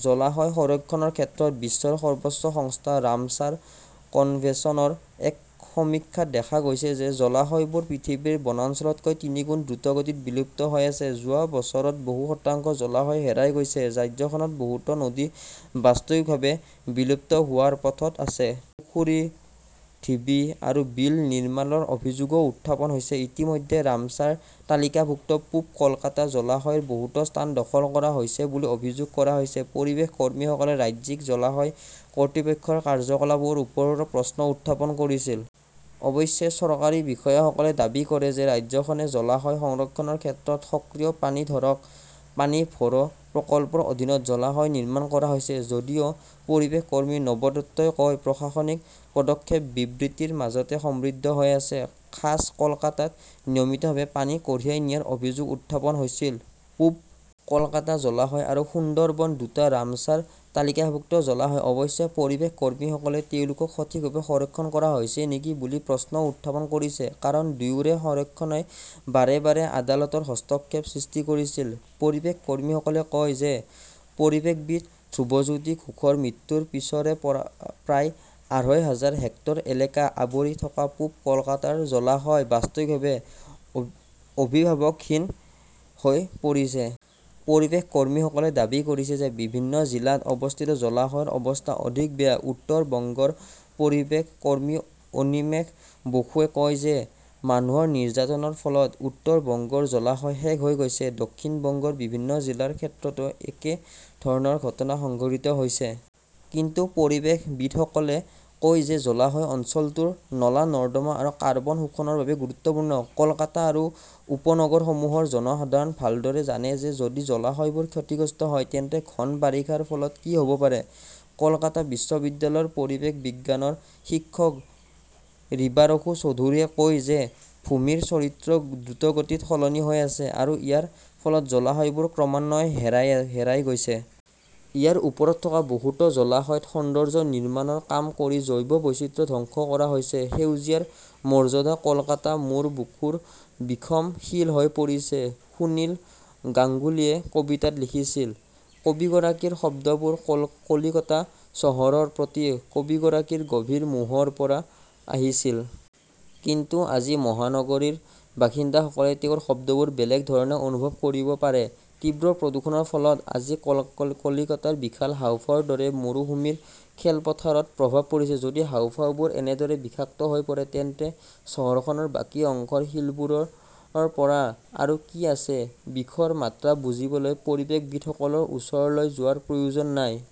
জলাশয় সংৰক্ষণৰ ক্ষেত্ৰত বিশ্বৰ সৰ্বোচ্চ সংস্থা ৰামছাৰ কনভেনচনৰ এক সমীক্ষাত দেখা গৈছে যে জলাশয়বোৰ পৃথিৱীৰ বনাঞ্চলতকৈ তিনিগুণ দ্ৰুতগতিত বিলুপ্ত হৈ আছে। যোৱা বছৰত বহু শতাংশ জলাশয় হেৰাই গৈছে। ৰাজ্যখনত বহুতো নদী বাস্তৱিকভাৱে বিলুপ্ত হোৱাৰ পথত আছে। পুখুৰী, ঢিবি আৰু বিল নিৰ্মাণৰ অভিযোগও উত্থাপন হৈছে। ইতিমধ্যে ৰামছাৰ তালিকাভুক্ত পূব কলকাতা জলাশয়ৰ বহুতো স্থান দখল কৰা হৈছে বুলি অভিযোগ কৰা হৈছে। পৰিৱেশ কৰ্মীসকলে ৰাজ্যিক জলাশয় কৰ্তৃপক্ষৰ কাৰ্য্যকলাপৰ ওপৰতো প্ৰশ্ন উত্থাপন কৰিছে। অৱশ্যে, চৰকাৰী বিষয়াসকলে দাবী কৰে যে ৰাজ্যখনে জলাশয় সংৰক্ষণৰ ক্ষেত্ৰত সক্ৰিয়। পানী ধৰক, পানী ভৰো প্ৰকল্পৰ অধীনত জলাশয় নিৰ্মাণ কৰা হৈছে। যদিও পৰিৱেশ কৰ্মী নৱদত্তাই কয়, প্ৰশাসনিক পদক্ষেপ বিবৃতিৰ মাজতে সীমাবদ্ধ হৈ আছে। খাছ কলকাতাত নিয়মিতভাৱে পানী কঢ়িয়াই নিয়াৰ অভিযোগ উত্থাপন হৈছিল। পূব কলকাতা জলাশয় আৰু সুন্দৰবন, দুটা ৰামছাৰ তালিকাভুক্ত জলাশয়। অৱশ্যে, পৰিৱেশ কৰ্মীসকলে তেওঁলোকক সঠিকভাৱে সংৰক্ষণ কৰা হৈছে নেকি বুলি প্ৰশ্ন উত্থাপন কৰিছে। কাৰণ, দুয়োৰে সংৰক্ষণই বাৰে বাৰে আদালতৰ হস্তক্ষেপৰ সৃষ্টি কৰিছিল। পৰিৱেশ কৰ্মীসকলে কয় যে পৰিৱেশবিদ ধ্ৰবজ্যোতি ঘোষৰ মৃত্যুৰ পিছৰে পৰা প্ৰায় আঢ়ৈ হাজাৰ হেক্টৰ এলেকা আৱৰি থকা পূব কলকাতাৰ জলাশয় বাস্তৱিকভাৱে অভিভাৱকবিহীন হৈ পৰিছে। পৰিৱেশ কৰ্মীসকলে দাবী কৰিছে যে বিভিন্ন জিলাত অৱস্থিত জলাশয়ৰ অৱস্থা অধিক বেয়া। উত্তৰ বংগৰ পৰিৱেশ কৰ্মী অনিমেশ বসুৱে কয় যে মানুহৰ নিৰ্যাতনৰ ফলত উত্তৰ বংগৰ জলাশয় শেষ হৈ গৈছে। দক্ষিণ বংগৰ বিভিন্ন জিলাৰ ক্ষেত্ৰতো একে ধৰণৰ ঘটনা সংঘটিত হৈছে। কিন্তু পৰিৱেশবিদসকলে কয় যে জলাশয় অঞ্চলটোৰ নলা-নৰ্দমা আৰু কাৰ্বন শোষণৰ বাবে গুৰুত্বপূৰ্ণ। কলকাতা আৰু উপনগৰসমূহৰ জনসাধাৰণ ভালদৰে জানে যে যদি জলাশয়বোৰ ক্ষতিগ্ৰস্ত হয় তেন্তে ঘন বাৰিষাৰ ফলত কি হ'ব পাৰে। কলকাতা বিশ্ববিদ্যালয়ৰ পৰিৱেশ বিজ্ঞানৰ শিক্ষক ৰিবাৰসু চৌধুৰীয়ে কয় যে ভূমিৰ চৰিত্ৰ দ্ৰুতগতিত সলনি হৈ আছে আৰু ইয়াৰ ফলত জলাশয়বোৰ ক্ৰমান্বয়ে হেৰাই গৈছে। ইয়াৰ ওপৰত থকা বহুতো জলাশয়ত সৌন্দৰ্য্য নিৰ্মাণৰ কাম কৰি জৈৱ বৈচিত্ৰ্য ধ্বংস কৰা হৈছে। সেউজীয়াৰ মৰ্যাদা কলকাতা মোৰ বুকুৰ বিষম শিল হৈ পৰিছে সুনীল গাংগুলীয়ে কবিতাত লিখিছিল। কবিগৰাকীৰ শব্দবোৰ কলিকতা চহৰৰ প্ৰতি কবিগৰাকীৰ গভীৰ মোহৰ পৰা আহিছিল। কিন্তু আজি মহানগৰীৰ বাসিন্দাসকলে তেওঁৰ শব্দবোৰ বেলেগ ধৰণে অনুভৱ কৰিব পাৰে। তীব্ৰ প্ৰদূষণৰ ফলত আজি কলিকতাৰ বিশাল হাঁওফাঁওৰ দৰে মৰুভূমিৰ খেলপথাৰত প্ৰভাৱ পৰিছে। যদি হাঁওফাঁওবোৰ এনেদৰে বিষাক্ত হৈ পৰে, তেন্তে চহৰখনৰ বাকী অংশৰ শিলবোৰৰ পৰা আৰু কি আছে। বিষৰ মাত্ৰা বুজিবলৈ পৰিৱেশবিদসকলৰ ওচৰলৈ যোৱাৰ প্ৰয়োজন নাই।